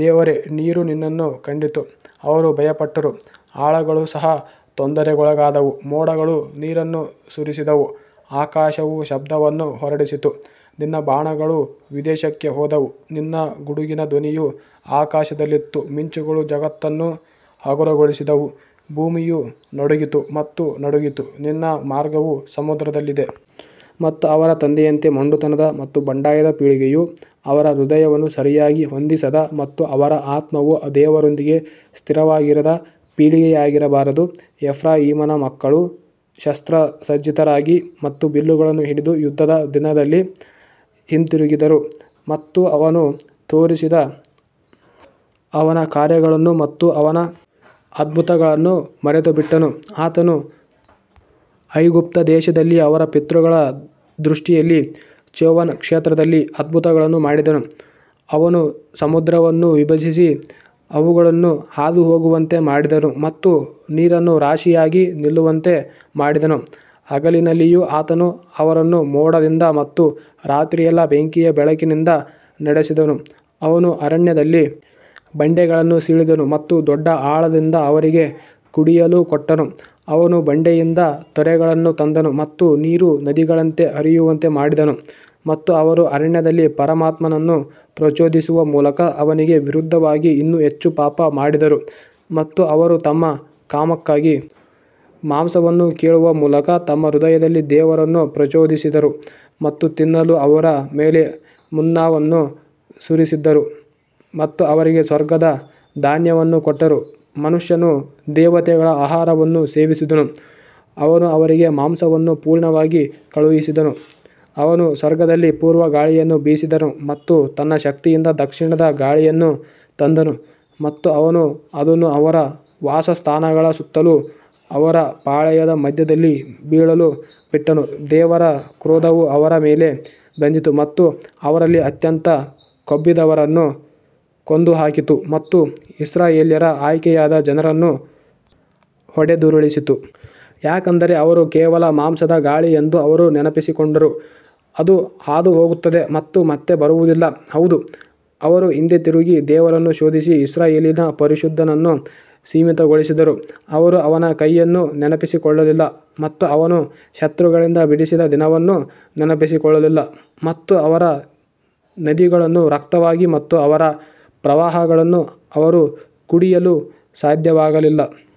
ದೇವರೇ ನೀರು ನಿನ್ನನ್ನು ಕಂಡಿತು ಅವರು ಭಯಪಟ್ಟರು ಆಳಗಳು ಸಹ ತೊಂದರೆಗೊಳಗಾದವು ಮೋಡಗಳು ನೀರನ್ನು ಸುರಿಸಿದವು ಆಕಾಶವು ಶಬ್ದವನ್ನು ಹೊರಡಿಸಿತು ನಿನ್ನ ಬಾಣಗಳೂ ವಿದೇಶಕ್ಕೆ ಹೋದವು ನಿನ್ನ ಗುಡುಗಿನ ಧ್ವನಿಯು ಆಕಾಶದಲ್ಲಿತ್ತು ಮಿಂಚುಗಳು ಜಗತ್ತನ್ನು ಹಗುರಗೊಳಿಸಿದವು ಭೂಮಿಯು ನಡುಗಿತು ಮತ್ತು ನಡುಗಿತು ನಿನ್ನ ಮಾರ್ಗವು ಸಮುದ್ರದಲ್ಲಿದೆ ಮತ್ತು ಅವರ ತಂದೆಯಂತೆ ಮೊಂಡುತನದ ಮತ್ತು ಬಂಡಾಯದ ಪೀಳಿಗೆಯು ಅವರ ಹೃದಯವನ್ನು ಸರಿಯಾಗಿ ಹೊಂದಿಸದ ಮತ್ತು ಅವರ ಆತ್ಮವು ದೇವರೊಂದಿಗೆ ಸ್ಥಿರವಾಗಿರದ ಪೀಳಿಗೆಯಾಗಿರಬಾರದು. ಎಫ್ರಾಯೀಮನ ಮಕ್ಕಳು ಶಸ್ತ್ರಸಜ್ಜಿತರಾಗಿ ಮತ್ತು ಬಿಲ್ಲುಗಳನ್ನು ಹಿಡಿದು ಯುದ್ಧದ ದಿನದಲ್ಲಿ ಹಿಂತಿರುಗಿದರು ಮತ್ತು ಅವನು ತೋರಿಸಿದ ಅವನ ಕಾರ್ಯಗಳನ್ನು ಮತ್ತು ಅವನ ಅದ್ಭುತಗಳನ್ನು ಮರೆತುಬಿಟ್ಟನು ಆತನು ಐಗುಪ್ತದೇಶದಲ್ಲಿ ಅವರ ಪಿತೃಗಳ ದೃಷ್ಟಿಯಲ್ಲಿ ಚೋವನ್ ಕ್ಷೇತ್ರದಲ್ಲಿ ಅದ್ಭುತಗಳನ್ನು ಮಾಡಿದನು ಅವನು ಸಮುದ್ರವನ್ನು ವಿಭಜಿಸಿ ಅವುಗಳನ್ನು ಹಾದುಹೋಗುವಂತೆ ಮಾಡಿದನು ಮತ್ತು ನೀರನ್ನು ರಾಶಿಯಾಗಿ ನಿಲ್ಲುವಂತೆ ಮಾಡಿದನು ಹಗಲಿನಲ್ಲಿಯೂ ಆತನು ಅವರನ್ನು ಮೋಡದಿಂದ ಮತ್ತು ರಾತ್ರಿಯೆಲ್ಲಾ ಬೆಂಕಿಯ ಬೆಳಕಿನಿಂದ ನಡೆಸಿದನು ಅವನು ಅರಣ್ಯದಲ್ಲಿ ಬಂಡೆಗಳನ್ನು ಸೀಳಿದನು ಮತ್ತು ದೊಡ್ಡ ಆಳದಿಂದ ಅವರಿಗೆ ಕುಡಿಯಲು ಕೊಟ್ಟನು ಅವನು ಬಂಡೆಯಿಂದ ತೊರೆಗಳನ್ನು ತಂದನು ಮತ್ತು ನೀರು ನದಿಗಳಂತೆ ಹರಿಯುವಂತೆ ಮಾಡಿದನು ಮತ್ತು ಅವರು ಅರಣ್ಯದಲ್ಲಿ ಪರಮಾತ್ಮನನ್ನು ಪ್ರಚೋದಿಸುವ ಮೂಲಕ ಅವನಿಗೆ ವಿರುದ್ಧವಾಗಿ ಇನ್ನೂ ಹೆಚ್ಚು ಪಾಪ ಮಾಡಿದರು ಮತ್ತು ಅವರು ತಮ್ಮ ಕಾಮಕ್ಕಾಗಿ ಮಾಂಸವನ್ನು ಕೇಳುವ ಮೂಲಕ ತಮ್ಮ ಹೃದಯದಲ್ಲಿ ದೇವರನ್ನು ಪ್ರಚೋದಿಸಿದರು ಮತ್ತು ತಿನ್ನಲು ಅವರ ಮೇಲೆ ಮನ್ನಾವನ್ನು ಸುರಿಸಿದ್ದರು ಮತ್ತು ಅವರಿಗೆ ಸ್ವರ್ಗದ ಧಾನ್ಯವನ್ನು ಕೊಟ್ಟರು ಮನುಷ್ಯನು ದೇವತೆಗಳ ಆಹಾರವನ್ನು ಸೇವಿಸಿದನು, ಅವನು ಅವರಿಗೆ ಮಾಂಸವನ್ನು ಪೂರ್ಣವಾಗಿ ಕಳುಹಿಸಿದನು ಅವನು ಸ್ವರ್ಗದಲ್ಲಿ ಪೂರ್ವ ಗಾಳಿಯನ್ನು ಬೀಸಿದನು ಮತ್ತು ತನ್ನ ಶಕ್ತಿಯಿಂದ ದಕ್ಷಿಣದ ಗಾಳಿಯನ್ನು ತಂದನು ಮತ್ತು ಅವನು ಅದನ್ನು ಅವರ ವಾಸಸ್ಥಾನಗಳ ಸುತ್ತಲೂ ಅವರ ಪಾಳೆಯದ ಮಧ್ಯದಲ್ಲಿ ಬೀಳಲು ಬಿಟ್ಟನು ದೇವರ ಕ್ರೋಧವು ಅವರ ಮೇಲೆ ಬಂದಿತು ಮತ್ತು ಅವರಲ್ಲಿ ಅತ್ಯಂತ ಕೊಬ್ಬಿದವರನ್ನು ಕೊಂದುಹಾಕಿತು ಮತ್ತು ಇಸ್ರಾಯೇಲ್ಯರ ಆಯ್ಕೆಯಾದ ಜನರನ್ನು ಹೊಡೆದುರುಳಿಸಿತು. ಯಾಕಂದರೆ ಅವರು ಕೇವಲ ಮಾಂಸದ ಗಾಳಿ ಎಂದು ಅವರು ನೆನಪಿಸಿಕೊಂಡರು, ಅದು ಹಾದುಹೋಗುತ್ತದೆ ಮತ್ತು ಮತ್ತೆ ಬರುವುದಿಲ್ಲ ಹೌದು ಅವರು ಹಿಂದೆ ತಿರುಗಿ ದೇವರನ್ನು ಶೋಧಿಸಿ ಇಸ್ರಾಯೇಲಿನ ಪರಿಶುದ್ಧನನ್ನು ಸೀಮಿತಗೊಳಿಸಿದರು ಅವರು ಅವನ ಕೈಯನ್ನು ನೆನಪಿಸಿಕೊಳ್ಳಲಿಲ್ಲ ಮತ್ತು ಅವನು ಶತ್ರುಗಳಿಂದ ಬಿಡಿಸಿದ ದಿನವನ್ನು ನೆನಪಿಸಿಕೊಳ್ಳಲಿಲ್ಲ ಮತ್ತು ಅವರ ನದಿಗಳನ್ನು ರಕ್ತವಾಗಿ ಮತ್ತು ಅವರ ಪ್ರವಾಹಗಳನ್ನು ಅವರು ಕುಡಿಯಲು ಸಾಧ್ಯವಾಗಲಿಲ್ಲ.